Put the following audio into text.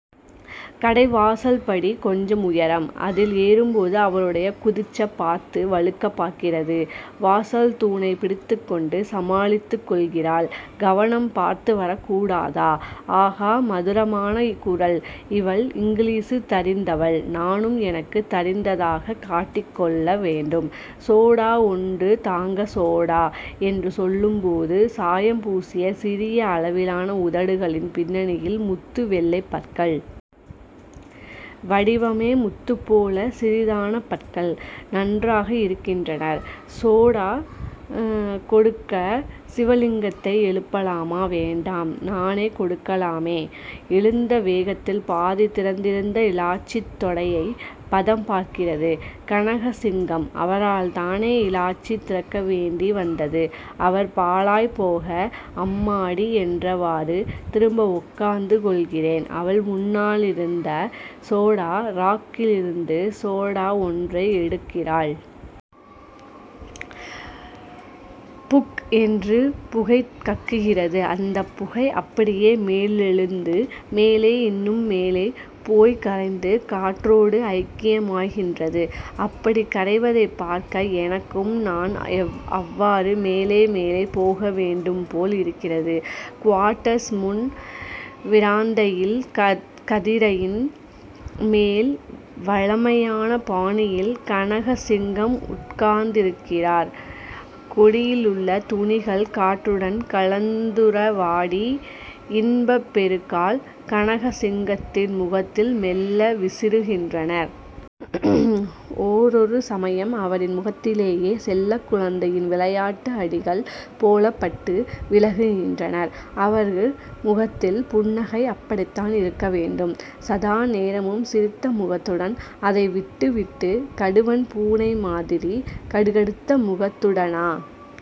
கடைவாசல்படி கொஞ்சம் உயரம். அதில் ஏறும்போது அவளுடைய குதிச்சப்பாத்து வழுக்கப் பார்க்கிறது. வாசல் தூணைப் பிடித்துக்கொண்டு சமாளித்துக் கொள்கிறாள் கவனம் பாத்துவரக்கூடாதா ஆகா மதுரமான குரல் இவள் இங்கிலீசு தரிந்தவள். நானும் எனக்குத் தரிந்ததாகக் காட்டிக்கொள்ளவேண்டும். சோடா ஒண்டு தாங்க சோடா என்று சொல்லும்போது சாயம்பூசிய சிறிய அளவிளான உதடுகளின் பின்னணியில் முத்து வெள்ளைப் பற்கள்... வடிவமே முத்துப்போலச் சிறிதான பற்கள். நன்றாக இருக்கின்றன. சோடா கொடுக்க சிவலிங்கத்தை எழுப்பலாமா? வேண்டாம் நானே கொடுக்கலாமே! எழுந்த வேகத்தில் பாதி திறந்திருந்த இலாச்சி தொடையைப் பதம்பார்க்கிறது. கனகசிங்கம்... அவரால்தானே இலாச்சி திறக்கவேண்டி வந்தது அவர் பாழாய்ப்போக...அம்மாடி என்றவாறு திரும்ப உட்கார்ந்து கொள்கிறேன். அவள் முன்னாலிருந்த சோடா ராக் கிலிருந்து சோடா ஒன்றை எடுக்கிறாள். புக்... என்று புகை கக்குகிறது. அந்தப்புகை அப்படியே மேலெழுந்து. மேலே... இன்னும் மேலே போய்க்கரைந்து காற்றோடு ஐக்கியமாகின்றது. அப்படிக் கரைவதைப்பார்க்க, எனக்கும் நான் அவ்வாறு மேலே மேலே போக வேண்டும் போல் இருக்கிறது. குவாட்டஸ் முன்விறாந்தையில் கதிரையின் மேல் வழமையான பாணியில் கனகசிங்கம் உட்கார்ந்திருக்கிறார். கொடியிலுள்ள துணிகள் காற்றுடன் கலந்துறவாடி இன்பப் பெருக்கால் கனகசிங்கத்தின் முகத்தில் மெல்ல விசிறுகின்றன. ஓரொரு சமயம் அவரின் முகத்திலேயே செல்லக்குழந்தையின் விளையாட்டு அடிகள் போலப்பட்டு விலகுகின்றன. அவர் முகத்தில் புன்னகை. அப்படித்தான் இருக்கவேண்டும்.... சதாநேரமும் சிரித்த முகத்துடன் அதைவிட்டு விட்டு கடுவன் பூனைமாதிரி கடுகடுத்த முகத்துடனா?